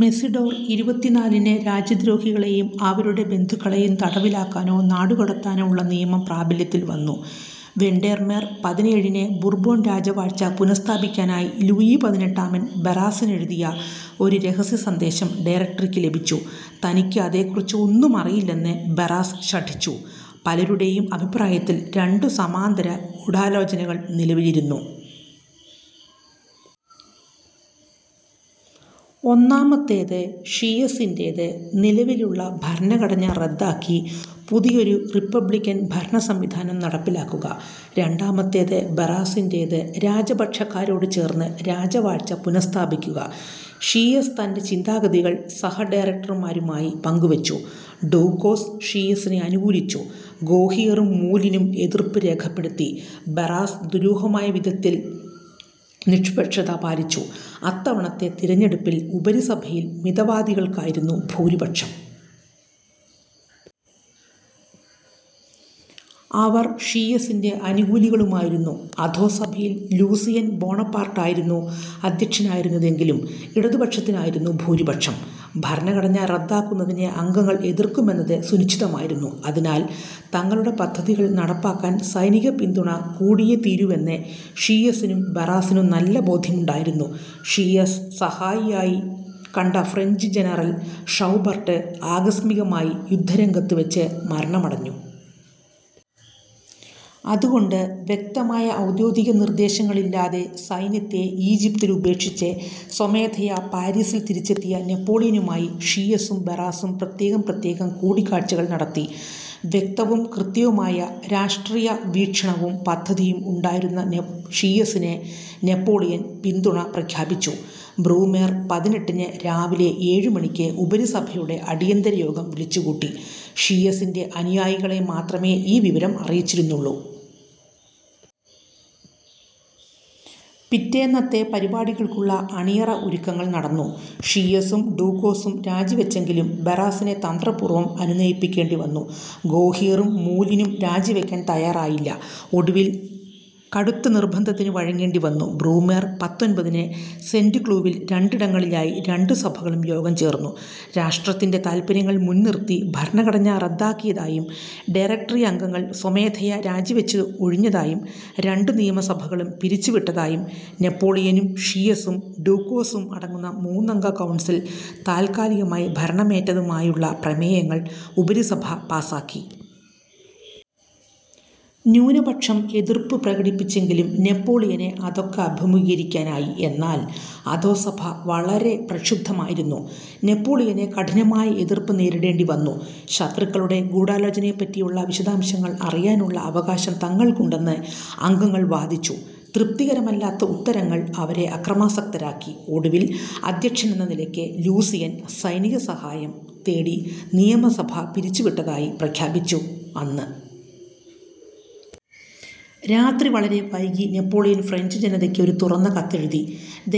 Mesidor ഇരുപത്തിനാലിന് രാജ്യദ്രോഹികളേയും അവരുടെ ബന്ധുക്കളേയും തടവിലാക്കാനോ നാടുകടത്താനോ ഉള്ള നിയമം പ്രാബല്യത്തിൽ വന്നു. വെൻഡർമേർ പതിനേഴിന് ബുർബോൺ രാജവാഴ്ച പുനഃസ്ഥാപിക്കാനായി ലൂയി പതിനെട്ടാമൻ ബറാസിനെഴുതിയ ഒരു രഹസ്യസന്ദേശം ഡയറക്റ്ററിക്കു ലഭിച്ചു. തനിക്ക് അതേക്കുറിച്ച് ഒന്നും അറിയില്ലെന്ന് ബറാസ് ശഠിച്ചു. പലരുടെയും അഭിപ്രായത്തിൽ, രണ്ടു സമാന്തര ഗൂഢാലോചനകൾ നിലവിലിരുന്നു. ഒന്നാമത്തേത് ഷീയെസിന്റേത് നിലവിലുള്ള ഭരണഘടന റദ്ദാക്കി പുതിയൊരു റിപ്പബ്ലിക്കൻ ഭരണസംവിധാനം നടപ്പിലാക്കുക. രണ്ടാമത്തേത് ബറാസിന്റേത് രാജപക്ഷക്കാരോടു ചേർന്ന് രാജവാഴ്ച പുനഃസ്ഥാപിക്കുക. ഷീയെസ് തൻ്റെ ചിന്താഗതികൾ സഹഡയറക്റ്റർമാരുമായി പങ്കുവച്ചു. ഡൂക്കോസ് ഷീയെസിനെ അനുകൂലിച്ചു, ഗോഹിയറും മൂലിനും എതിർപ്പു രേഖപ്പെടുത്തി. ബറാസ് ദുരൂഹമായ വിധത്തിൽ നിഷ്പക്ഷത പാലിച്ചു. അത്തവണത്തെ തിരഞ്ഞെടുപ്പിൽ ഉപരിസഭയിൽ മിതവാദികൾക്കായിരുന്നു ഭൂരിപക്ഷം. അവർ ഷീയെസിൻ്റെ അനുകൂലികളുമായിരുന്നു. അധോസഭയിൽ ലൂസിയൻ ബോണപാർട്ടായിരുന്നു അധ്യക്ഷനായിരുന്നതെങ്കിലും, ഇടതുപക്ഷത്തിനായിരുന്നു ഭൂരിപക്ഷം. ഭരണഘടന റദ്ദാക്കുന്നതിനെ അംഗങ്ങൾ എതിർക്കുമെന്നത് സുനിശ്ചിതമായിരുന്നു. അതിനാൽ തങ്ങളുടെ പദ്ധതികൾ നടപ്പാക്കാൻ സൈനികപിന്തുണ കൂടിയേ തീരൂവെന്ന് ഷീയെസിനും ബറാസിനും നല്ല ബോധ്യമുണ്ടായിരുന്നു. ഷീയെസ് സഹായിയായി കണ്ട ഫ്രഞ്ച് ജനറൽ ഷൗബർട്ട് ആകസ്മികമായി യുദ്ധരംഗത്തുവച്ച് മരണമടഞ്ഞു. അതുകൊണ്ട്, വ്യക്തമായ ഔദ്യോഗിക നിർദ്ദേശങ്ങളില്ലാതെ സൈന്യത്തെ ഈജിപ്തിൽ ഉപേക്ഷിച്ച് സ്വമേധയാ പാരീസിൽ തിരിച്ചെത്തിയ നെപ്പോളിയനുമായി ഷീയെസും ബറാസും പ്രത്യേകം പ്രത്യേകം കൂടിക്കാഴ്ചകൾ നടത്തി. വ്യക്തവും കൃത്യവുമായ രാഷ്ട്രീയവീക്ഷണവും പദ്ധതിയും ഉണ്ടായിരുന്ന ഷീയെസിന് നെപ്പോളിയൻ പിന്തുണ പ്രഖ്യാപിച്ചു. ബ്രൂമേർ പതിനെട്ടിന് രാവിലെ ഏഴുമണിക്ക് ഉപരിസഭയുടെ അടിയന്തരയോഗം വിളിച്ചുകൂട്ടി. ഷീയെസിൻ്റെ അനുയായികളെ മാത്രമേ ഈ വിവരം അറിയിച്ചിരുന്നുള്ളൂ. പിറ്റേന്നത്തെ പരിപാടികൾക്കുള്ള അണിയറ ഒരുക്കങ്ങൾ നടന്നു. ഷീയെസും ഡൂക്കോസും രാജിവച്ചെങ്കിലും, ബറാസിനെ തന്ത്രപൂർവം അനുനയിപ്പിക്കേണ്ടിവന്നു. ഗോഹിയറും മൂലിനും രാജിവയ്ക്കാൻ തയ്യാറായില്ല. ഒടുവിൽ കടുത്ത നിർബന്ധത്തിനു വഴങ്ങേണ്ടിവന്നു. ബ്രൂമേർ പത്തൊൻപതിന് സെയ്ന്റ്ക്ലൂ വിൽ രണ്ടിടങ്ങളിലായി രണ്ടു സഭകളും യോഗം ചേർന്നു. രാഷ്ട്രത്തിൻ്റെ താത്പര്യങ്ങൾ മുൻനിർത്തി ഭരണഘടന റദ്ദാക്കിയതായും, ഡയറക്റ്ററി അംഗങ്ങൾ സ്വമേധയാ രാജിവച്ചൊഴിഞ്ഞതായും, രണ്ടു നിയമസഭകളും പിരിച്ചുവിട്ടതായും, നെപ്പോളിയനും ഷീയെസും ഡൂക്കോസും അടങ്ങുന്ന മൂന്നംഗ കൗൺസിൽ താത്കാലികമായി ഭരണമേറ്റതായുമുള്ള പ്രമേയങ്ങൾ ഉപരിസഭ പാസാക്കി. ന്യൂനപക്ഷം എതിർപ്പു പ്രകടിപ്പിച്ചെങ്കിലും, നെപ്പോളിയന് അതൊക്കെ അഭിമുഖീകരിക്കാനായി. എന്നാൽ അധോസഭ വളരെ പ്രക്ഷുബ്ധമായിരുന്നു. നെപ്പോളിയന് കഠിനമായ എതിർപ്പ് നേരിടേണ്ടിവന്നു. ശത്രുക്കളുടെ ഗൂഢാലോചനയെപ്പറ്റിയുള്ള വിശദാംശങ്ങൾ അറിയാനുള്ള അവകാശം തങ്ങൾക്കുണ്ടെന്ന് അംഗങ്ങൾ വാദിച്ചു. തൃപ്തികരമല്ലാത്ത ഉത്തരങ്ങൾ അവരെ അക്രമാസക്തരാക്കി. ഒടുവിൽ, അധ്യക്ഷനെന്ന നിലയ്ക്ക് ലൂസിയൻ സൈനികസഹായം തേടി നിയമസഭ പിരിച്ചുവിട്ടതായി പ്രഖ്യാപിച്ചു. അന്ന് രാത്രി വളരെ വൈകി നെപ്പോളിയൻ ഫ്രഞ്ചുജനതയ്ക്ക് ഒരു തുറന്ന കത്തെഴുതി.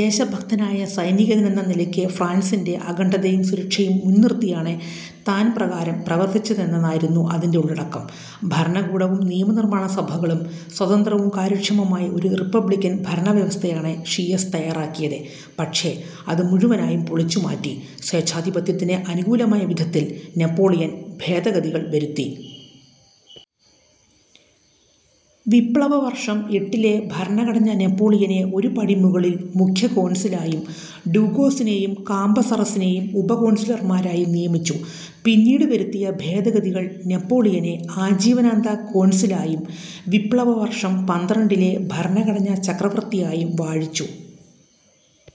ദേശഭക്തനായ സൈനികനെന്ന നിലയ്ക്ക് ഫ്രാൻസിൻ്റെ അഖണ്ഡതയും സുരക്ഷയും മുൻനിർത്തിയാണ് താൻപ്രകാരം പ്രവർത്തിച്ചതെന്നായിരുന്നു അതിൻ്റെ ഉള്ളടക്കം. ഭരണകൂടവും നിയമനിർമ്മാണസഭകളും സ്വതന്ത്രവും കാര്യക്ഷമവുമായ ഒരു റിപ്പബ്ലിക്കൻ ഭരണവ്യവസ്ഥയാണ് ഷീയെസ് തയ്യാറാക്കിയത്. പക്ഷേ, അത് മുഴുവനായും പൊളിച്ചുമാറ്റി, സ്വേച്ഛാധിപത്യത്തിന് അനുകൂലമായ വിധത്തിൽ നെപ്പോളിയൻ ഭേദഗതികൾ വരുത്തി. വിപ്ലവവർഷം എട്ടിലെ ഭരണഘടന നെപ്പോളിയനെ ഒരു പടി മുകളിൽ മുഖ്യ കോൺസിലായും, ഡൂക്കോസിനെയും കാംബസറസിനെയും ഉപകോൺസിലർമാരായും നിയമിച്ചു. പിന്നീട് വരുത്തിയ ഭേദഗതികൾ നെപ്പോളിയനെ ആജീവനാന്ത കോൺസിലായും, വിപ്ലവവർഷം പന്ത്രണ്ടിലെ ഭരണഘടന ചക്രവർത്തിയായും വാഴിച്ചു.